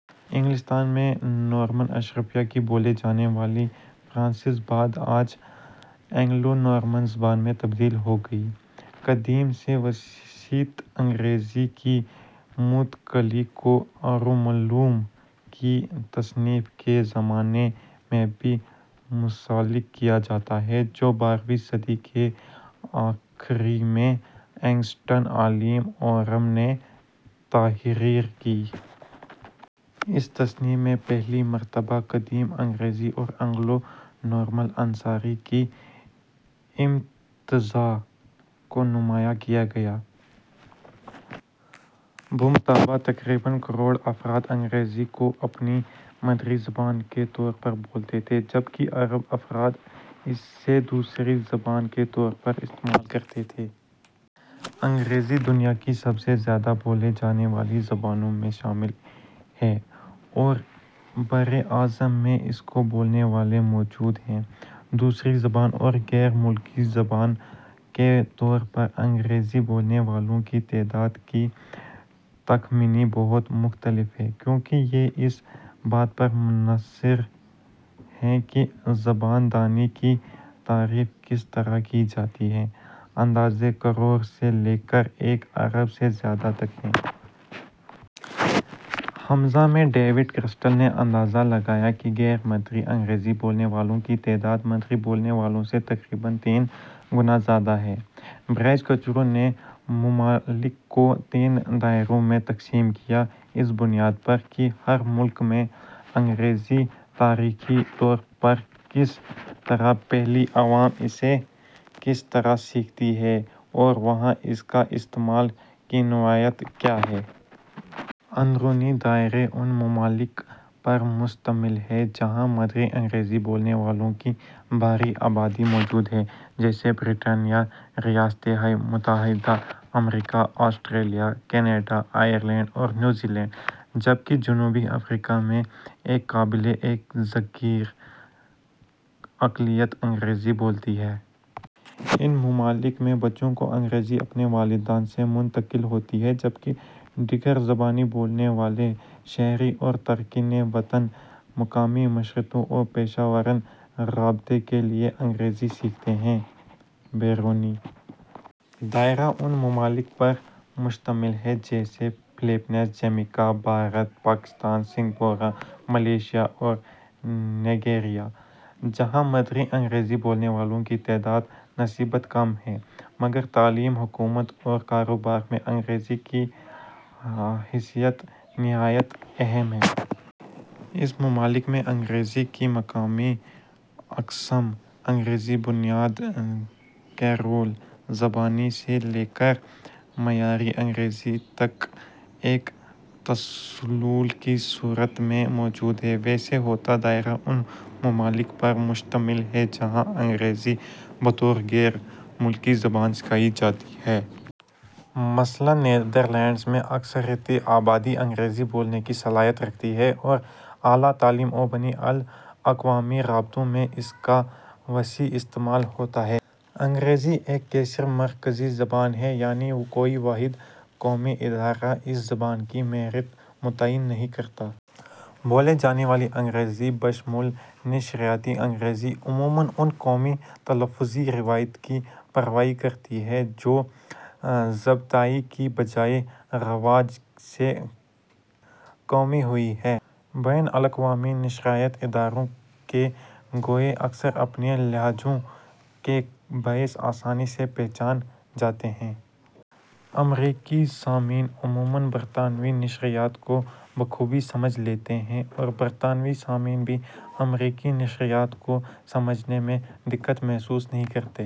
۔ انگلستان میں نورمن اشرافیہ کی بولی جانے والی فرانسیسی بعد ازاں اینگلو نورمن زبان میں تبدیل ہو گئی۔ قدیم سے وسطی انگریزی کی منتقلی کو اورمولم کی تصنیف کے زمانے سے بھی منسلک کیا جاتا ہے، جو بارہویں صدی کے اواخر میں آگسٹینی عالم اورم نے تحریر کی۔ اس تصنیف میں پہلی مرتبہ قدیم انگریزی اور اینگلو نورمن عناصر کے امتزاج کو نمایاں کیا گیا۔ بمطابق ، تقریباً کروڑ افراد انگریزی کو اپنی مادری زبان کے طور پر بولتے تھے، جبکہ ارب افراد اسے دوسری زبان کے طور پر استعمال کرتے تھے۔ انگریزی دنیا کی سب سے زیادہ بولی جانے والی زبانوں میں شامل ہے اور ہر براعظم میں اس کے بولنے والے موجود ہیں۔ دوسری زبان اور غیر ملکی زبان کے طور پر انگریزی بولنے والوں کی تعداد کے تخمینے بہت مختلف ہیں، کیونکہ یہ اس بات پر منحصر ہیں کہ زبان دانی کی تعریف کس طرح کی جاتی ہے؛ اندازے کروڑ سے لے کر ایک ارب سے زیادہ تک ہیں۔ ء میں ڈیوڈ کرسٹل نے اندازہ لگایا کہ غیر مادری انگریزی بولنے والوں کی تعداد مادری بولنے والوں سے تقریباً تین گنا زیادہ ہے۔ براج کچھرو نے ممالک کو تین دائروں میں تقسیم کیا، اس بنیاد پر کہ ہر ملک میں انگریزی تاریخی طور پر کس طرح پھیلی، عوام اسے کس طرح سیکھتے ہیں اور وہاں اس کے استعمال کی نوعیت کیا ہے۔ اندرونی دائرہ اُن ممالک پر مشتمل ہے جہاں مادری انگریزی بولنے والوں کی بڑی آبادی موجود ہے، جیسے برطانیہ ، ریاست ہائے متحدہ امریکہ ، آسٹریلیا ، کینیڈا ، آئرلینڈ اور نیوزی لینڈ ؛ جبکہ جنوبی افریقا میں ایک قابلِ ذکر اقلیت انگریزی بولتی ہے۔ ان ممالک میں بچوں کو انگریزی اپنے والدین سے منتقل ہوتی ہے، جبکہ دیگر زبانیں بولنے والے شہری اور تارکین وطن مقامی معاشرتی و پیشہ ورانہ رابطے کے لیے انگریزی سیکھتے ہیں۔ بیرونی دائرہ اُن ممالک پر مشتمل ہے جیسے Philippines, Jamaica, Bharat, Pakistan, Singapore, Malaysia اور نائجیریا ، جہاں مادری انگریزی بولنے والوں کی تعداد نسبتاً کم ہے، مگر تعلیم، حکومت اور کاروبار میں انگریزی کی حیثیت نہایت اہم ہے۔ ان ممالک میں انگریزی کی مقامی اقسام، انگریزی بنیاد کریول زبانیں سے لے کر معیاری انگریزی تک، ایک تسلسل کی صورت میں موجود ہیں۔ وسیع ہوتا دائرہ اُن ممالک پر مشتمل ہے جہاں انگریزی بطور غیر ملکی زبان سکھائی جاتی ہے۔ مثلاً نیدرلینڈ میں اکثریتی آبادی انگریزی بولنے کی صلاحیت رکھتی ہے اور اعلیٰ تعلیم و بین الاقوامی رابطوں میں اس کا وسیع استعمال ہوتا ہے۔ انگریزی ایک کثیرمرکزی زبان ہے، یعنی کوئی واحد قومی ادارہ اس زبان کے معیارات متعین نہیں کرتا۔ بولی جانے والی انگریزی، بشمول نشریاتی انگریزی، عموماً اُن قومی تلفظی روایات کی پیروی کرتی ہے جو ضابطے کی بجائے رواج سے قائم ہوئی ہیں۔ بین الاقوامی نشریاتی اداروں کے گویے اکثر اپنے لہجوں کے باعث آسانی سے پہچانے جاتے ہیں۔ ۔ امریکی سامعین عموماً برطانوی نشریات کو بخوبی سمجھ لیتے ہیں اور برطانوی سامعین بھی امریکی نشریات کو سمجھنے میں دقت محسوس نہیں کرتے۔